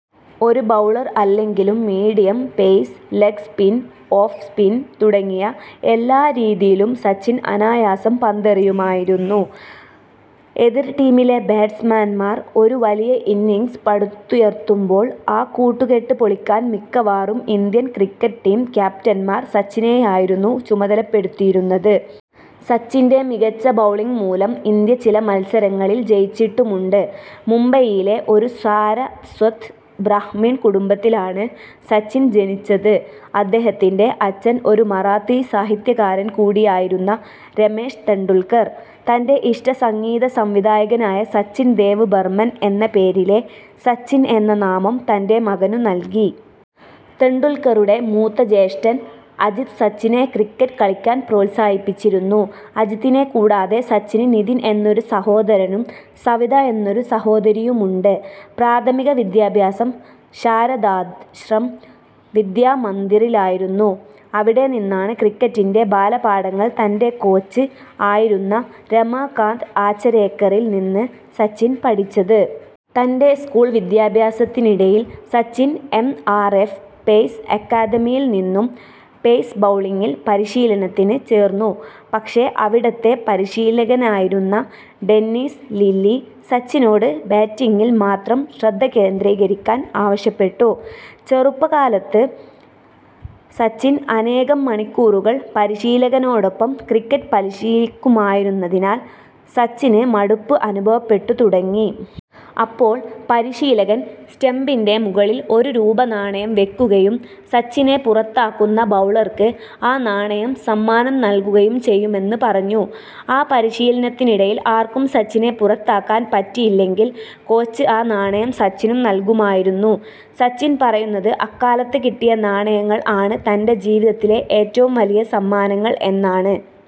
ഒരു ബൗളർ അല്ലെങ്കിലും medium pace, leg spin, off spin തുടങ്ങിയ എല്ലാ രീതിയിലും സച്ചിൻ അനായാസം പന്തെറിയുമായിരുന്നു. എതിർ ടീമിലെ ബാറ്റ്സ്മാൻമാർ ഒരു വലിയ ഇന്നിംഗ്സ് പടുത്തുയർത്തുമ്പോൾ ആ കൂട്ടു കെട്ട് പൊളിക്കാൻ മിക്കവാറും ഇന്ത്യൻ ക്രിക്കറ്റ് ടീം ക്യാപ്റ്റന്മാർ സച്ചിനെയായിരുന്നു ചുമതലപ്പെടുത്തിയിരുന്നത്. സച്ചിന്റെ മികച്ച ബൗളിംഗ് മൂലം ഇന്ത്യ ചില മൽസരങ്ങളിൽ ജയിച്ചിട്ടുമുണ്ട്. മുംബൈയിലെ ഒരു സാരസ്വത് ബ്രാഹ്മിൺ കുടുംബത്തിലാണ് സച്ചിൻ ജനിച്ചത്. അദ്ദേഹത്തിന്റെ അച്ഛൻ ഒരു മറാത്തി സാഹിത്യകാരൻ കൂടിയായിരുന്ന രമേഷ് ടെണ്ടുൽക്കർ, തന്റെ ഇഷ്ട സംഗീത സംവിധായകനായ സച്ചിൻ ദേവ് ബർമ്മൻ എന്ന പേരിലെ സച്ചിൻ എന്ന നാമം തന്റെ മകനു നൽകി. ടെണ്ടുൽക്കറുടെ മൂത്ത ജ്യേഷ്ഠൻ അജിത് സച്ചിനെ ക്രിക്കറ്റ് കളിക്കാൻ പ്രോൽസാഹിപ്പിച്ചിരുന്നു. അജിതിനെ കൂടാതെ സച്ചിന് നിതിൻ എന്നൊരു സഹോദരനും സവിത എന്നൊരു സഹോദരിയുമുണ്ട്. പ്രാഥമിക വിദ്യാഭ്യാസം ശാരദാശ്രം വിദ്യാമന്ദിറിലായിരുന്നു. അവിടെ നിന്നാണ് ക്രിക്കറ്റിന്റെ ബാല പാഠങ്ങൾ തന്റെ കോച്ച് ആയിരുന്ന രമാകാന്ത് അചരേക്കറിൽ നിന്ന് സച്ചിൻ പഠിച്ചത്. തന്റെ സ്കൂൾ വിദ്യാഭ്യാസത്തിനിടയിൽ Sachin M. R. F. Pace അക്കാദമിയിൽ നിന്നും പേസ് ബൗളിംഗിൽ പരിശീലനത്തിന് ചേർന്നു. പക്ഷേ അവിടത്തെ പരിശീലകനായിരുന്ന ഡെന്നിസ് ലില്ലി, സച്ചിനോട് ബാറ്റിംഗിൽ മാത്രം ശ്രദ്ധ കേന്ദ്രീകരിക്കാൻ ആവശ്യപ്പെട്ടു. ചെറുപ്പ കാലത്ത് സച്ചിൻ അനേകം മണിക്കൂറുകൾ പരിശീലകനോടൊപ്പം ക്രിക്കറ്റ് പരിശീലിക്കുമായിരുന്നതിനാൽ സച്ചിന് മടുപ്പ് അനുഭവപ്പെട്ടു തുടങ്ങി. അപ്പോൾ പരിശീലകൻ സ്റ്റമ്പിന്റെ മുകളിൽ ഒരു രൂപ നാണയം വെയ്ക്കുകയും സച്ചിനെ പുറത്താക്കുന്ന ബൗളർക്ക് ആ നാണയം സമ്മാനം നൽകുകയും ചെയ്യുമെന്ന് പറഞ്ഞു. ആ പരിശീലനത്തിനിടയിൽ ആർക്കും സച്ചിനെ പുറത്താക്കാൻ പറ്റിയില്ലെങ്കിൽ കോച്ച് ആ നാണയം സച്ചിനും നൽകുമായിരുന്നു. സച്ചിൻ പറയുന്നത് അക്കാലത്ത് കിട്ടിയ നാണയങ്ങൾ ആണ് തന്റെ ജീവിതത്തിലെ ഏറ്റവും വലിയ സമ്മാനങ്ങൾ എന്നാണ്.